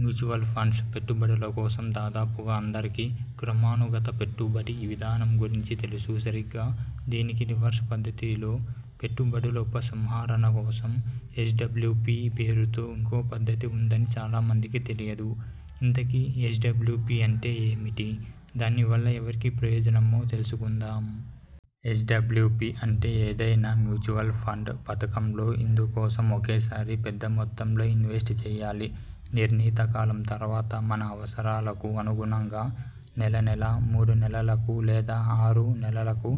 Mutual funds పెట్టుబడుల కోసం దాదాపుగా అందరికీ క్రమానుగత పెట్టుబడి విధానం గురించి తెలుసు. సరిగ్గా దీనికి రివర్స్ పద్ధతిలో పెట్టుబడుల ఉపసంహరణ కోసం ఎస్డబ్ల్యుపి పేరుతో ఇంకో పద్ధతి ఉందని చాలా మందికి తెలియదు. ఇంతకీ ఎస్డబ్ల్యుపి అంటే ఏమిటి? దాని వల్ల ఎవరికి ప్రయోజనమో తెలుసుకుందాం. ఎస్డబ్ల్యుపి అంటే? ఏదైనా మ్యూచువల్ ఫండ్ పథకంలో ఇందుకోసం ఒకేసారి పెద్ద మొత్తంలో ఇన్వెస్ట్ చేయాలి. నిర్ణీత కాలం తర్వాత, మన అవసరాలకు అనుగుణంగా నెలనెలా, మూడు నెలలకు లేదా ఆరు నెలలకు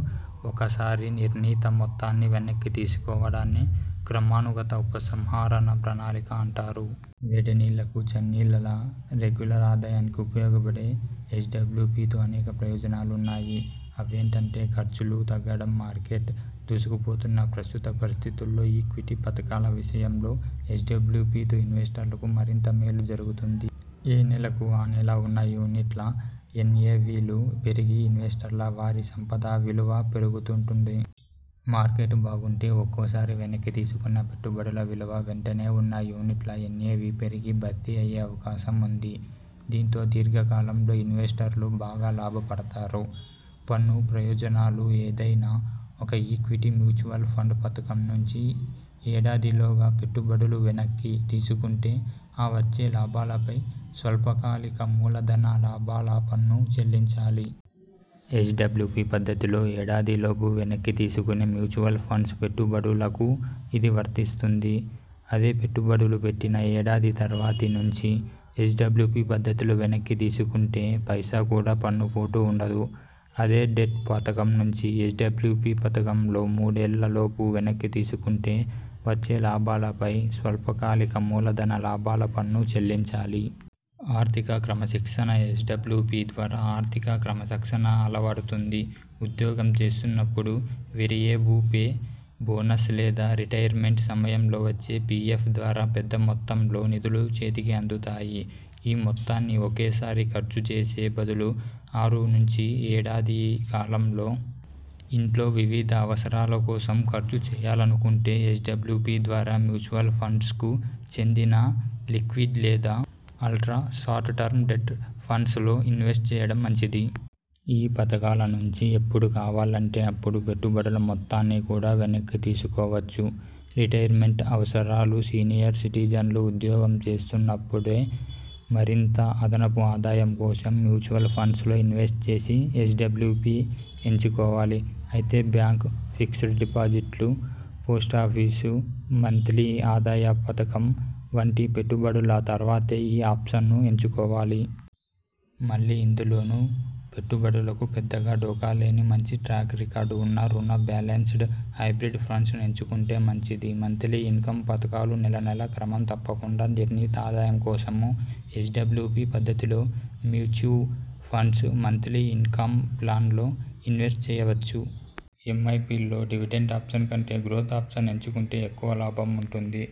ఒకసారి నిర్ణీత మొత్తాన్ని వెనక్కి తీసుకోవడాన్నే క్రమానుగత ఉపసంహరణ ప్రణాళిక అంటారు. వేడి నీళ్లకు చన్నీళ్లలా రెగ్యులర్ ఆదాయానికి ఉపయోగపడే ఎస్డబ్ల్యుపితో అనేక ప్రయోజనాలు ఉన్నాయి. అవేంటంటేఖర్చులు తగ్గడంమార్కెట్ దూసుకుపోతున్న ప్రస్తుత పరిస్థితుల్లో ఈక్విటీ పథకాల విషయంలో ఎస్డబ్ల్యుపితో ఇన్వెస్టర్లకు మరంత మేలు జరుగుతుంది. ఏ నెలకు ఆ నెల ఉన్న యూనిట్ల ఎన్ఎవిలు పెరిగి, ఇన్వెస్టర్ల వారి సంపద విలువా పెరుగుతుంటుంది. మార్కెట్ బాగుంటే ఒక్కోసారి వెనక్కి తీసుకున్న పెట్టుబడుల విలువ వెంటనే ఉన్న యూనిట్ల ఎన్ఎవి పెరిగి భర్తీ అయ్యే అవకాశం ఉంది. దీంతో దీర్ఘకాలంలో ఇన్వెస్టర్లు బాగా లాభపడతారు. పన్ను ప్రయోజనాలు ఏదైనా ఒక ఈక్విటీ మ్యూచువల్ ఫండ్ పథకం నుంచి ఏడాదిలోగా పెట్టుబడులు వెనక్కి తీసుకుంటే ఆ వచ్చే లాభాలపై స్వల్పకాలిక మూలఽధన లాభాల పన్ను చెల్లించాలి. ఎస్డబ్ల్యుపి పద్ధతిలో ఏడాదిలోపు వెనక్కి తీసుకునే మ్యూచువల్ ఫండ్స్ పెట్టుబడులకూ ఇది వర్తిస్తుంది. అదే పెట్టుబడులు పెట్టిన ఏడాది తర్వాతి నుంచి ఎస్డబ్ల్యుపి పద్ధతిలో వెనక్కి తీసుకుంటే పైసా కూడా పన్నుపోటు ఉండదు. అదే డెట్ పథకం నుంచి ఎస్డబ్ల్యుపి పద్ధతిలో మూడేళ్లలోపు వెనక్కి తీసుకుంటే వచ్చే లాభాలపై స్వల్ప కాలిక మూలధన లాభాల పన్ను చెల్లించాలి. ఆర్థిక క్రమశిక్షణఎస్డబ్ల్యుపి ద్వారా ఆర్థిక క్రమశిక్షణ అలవడుతుంది. ఉద్యోగం చేస్తున్నపుడు వేరియేబు పే, బోనస్ లేదా రిటైర్మెంట్ సమయంలో వచ్చే పిఎఫ్ ద్వారా పెద్ద మొత్తంలో నిధులు చేతికి అందుతాయి. ఈ మొత్తాన్ని ఒకేసారి ఖర్చు చేసే బదులు ఆరు నుంచి ఏడాది కాలంలో ఇంట్లో వివిధ అవసరాల కోసం ఖర్చు చేయాలనుకుంటే ఎస్డబ్ల్యుపి ద్వారా మ్యూచువల్ ఫండ్స్కు చెందిన లిక్విడ్ లేదా అల్ట్ర షార్ట్ టర్మ్ డెట్ ఫండ్స్లో ఇన్వెస్ట్ చేయడం మంచిది. ఈ పథకాల నుంచి ఎప్పుడు కావాలంటే అప్పుడు పెట్టుబడుల మొత్తాన్ని కూడా వెనక్కి తీసుకోవచ్చు. రిటైర్మెంట్ అవసరాలుసీనియర్ సిటిజన్లు ఉద్యోగం చేస్తున్నపుడే మరింత అదనపు ఆదాయం కోసం మ్యూచువల్ ఫండ్స్లో ఇన్వెస్ట్ చేసి ఎస్డబ్ల్యుపి ఎంచుకోవాలి. అయితే బ్యాంక్ ఫిక్స్డ్ డిపాజిట్లు, పోస్టాఫీసు మంత్లీ ఆదాయ పథకం వంటి పెట్టుబడుల తర్వాతే ఈ ఆప్షన్ను ఎంచుకోవాలి. మళ్లీ ఇందులోనూ పెట్టుబడులకు పెద్దగా ఢోకాలేని మంచి ట్రాక్ రికార్డు ఉన్న రుణ, బ్యాలెన్స్డ్, హైబ్రిడ్ ఫండ్స్ ఎంచుకుంటే మంచిది. మంత్లీ ఇన్కమ్ పథకాలునెలనెలా క్రమం తప్పకుండా నిర్ణీత ఆదాయం కోసమూ ఎస్డబ్ల్యుపి పద్ధతిలో మ్యూచువ్ ఫండ్స్ మంత్లీ ఇన్కం ప్లాన్స్ లో ఇన్వెస్ట్ చేయవచ్చు. ఎంఐపిల్లో డివిడెండ్ ఆప్షన్ కంటే గ్రోత్ ఆప్షన్ ఎంచుకుంటే ఎక్కువ లాభం ఉంటుంది.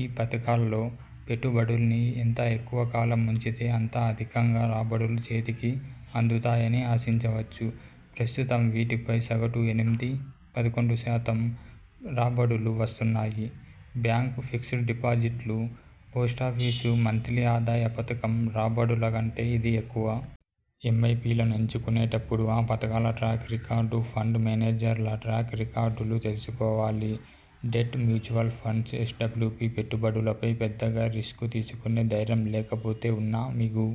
ఈ పథకాల్లో పెట్టుబడుల్ని ఎంత ఎక్కువకాలం ఉంచితే అంత అధికంగా రాబడులు చేతికి అందుతాయని ఆశించవచ్చు. ప్రస్తుతం వీటిపై సగటున ఎనిమిది పదకొండు శాతం రాబడులు వస్తున్నాయి. బ్యాంక్ ఫిక్స్డ్ డిపాజిట్లు, పోస్టాఫీసు మంత్లీ ఆదాయ పథకం రాబడుల కంటే ఇది ఎక్కువ. ఎంఐపిలను ఎంచుకునేటప్పుడు ఆ పథకాల ట్రాక్ రికార్డు, ఫండ్ మేనేజర్ల ట్రాక్ రికార్టులు తెలుసుకోవాలి. డెట్ మ్యూచువల్ ఫండ్స్ ఎస్డబ్ల్యుపిపెట్టుబడులపై పెద్దగా రిస్కు తీసుకునే ధైర్యం లేకపోతే ఉన్న మిగు